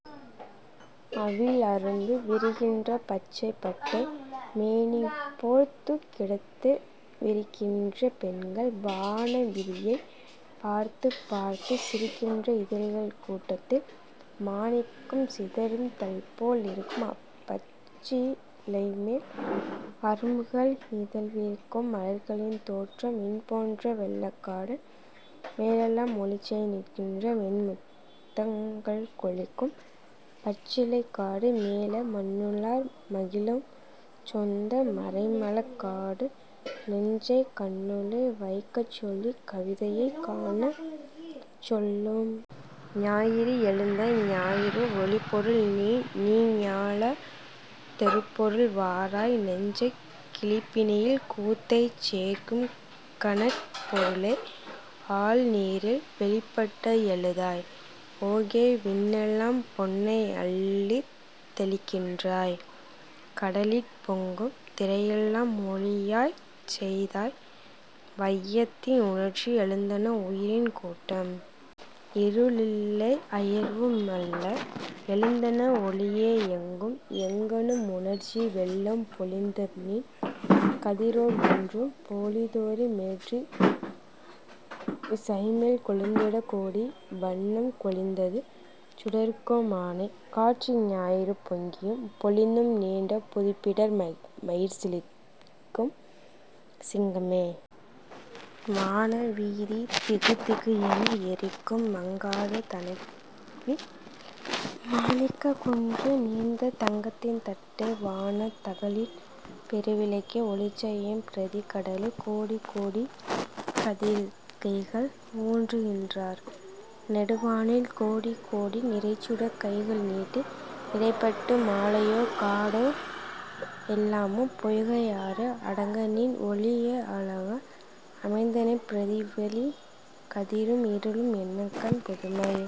அவிழ் அரும்பு விரிகின்ற பச்சைப் பட்டை மேனிபோர்த் துக் கிடந்து வரிக்கின்ற பெண்கள், வான வீதியைப் பார்த்துப் பார்த்துச் சிரிக்கின்ற இதழ்க்கூட் டத்தால் மாணிக்கம் சிதறு தல்போல் இருக்கும்அப் பச்சி லைமேல் அரும்புகள் இதழ்வி ரிக்கும்! மலர்களின் தோற்றம் விண்போன்ற வெள்ளக் காடு, மேலெலாம் ஒளிசெய் கின்ற வெண்முத்தங் கள்கொழிக்கும் பச்சிலைக் காடு, மேலே மண்ணுளார் மகிழும் செந்தா மரைமலர்க் காடு, நெஞ்சைக் கண்ணுளே வைக்கச் சொல்லிக் கவிதையைக் காணச் சொல்லும். ஞாயிறு எழுந்த ஞாயிறு ஒளிப்பொருள் நீ! நீ ஞாலத் தொருபொருள், வாராய்! நெஞ்சக் களிப்பினில் கூத்தைச் சேர்க்கும் கனற் பொரு ளே, ஆழ் நீரில் வெளிப்பட எழுந்தாய்; ஓகோ விண்ணெலாம் பொன்னை அள்ளித் தெளிக்கின்றாய்; கடலிற் பொங்கும் திரையெலாம் ஒளியாய்ச் செய்தாய். வையத்தின் உணர்ச்சி எழுந்தன உயிரின் கூட்டம்! இருள் இல்லை அயர்வும் இல்ல! எழுந்தன ஒளியே, எங்கும்! எங்கணும் உணர்ச்சி வெள்ளம் பொழிந்தநின் கதிர் ஒவ் வொன்றும் பொலிந் தேறி, மேற்றி சைமேல் கொழுந்தோடக் கோடி வண்ணம் கொழித்தது சுடர்க்கோ மானே! காட்சி ஞாயிறு பொங்கியும் பொலிந்தும் நீண்ட புதுப்பிடர் மைக் மயிர்சி லிர்க்கும் சிங்கமே! வான வீதி திகு திகு என எரிக்கும் மங்காத தணற்பி! மாணிக்கக் குன்றே! தீர்ந்த தங்கத்தின் தட்டே! வானத் தகளியிற் பெருவிளக்கே! ஒளிசெய்யும் பரிதி கடலிலே கோடி கோடிக் கதிர்க்கைகள் ஊன்றுகின்றாய்! நெடுவானில் கோடி கோடி நிறைசுடர்க் கைகள் நீட்டி இடைப்படு மலையோ காடோ இல்லமோ பொய்கை ஆறோ அடங்கநின் ஒளிஅ ளவா அமைந்தனை! பரிதி வாழி! கதிரும் இருளும் என்னகாண் புதுமை!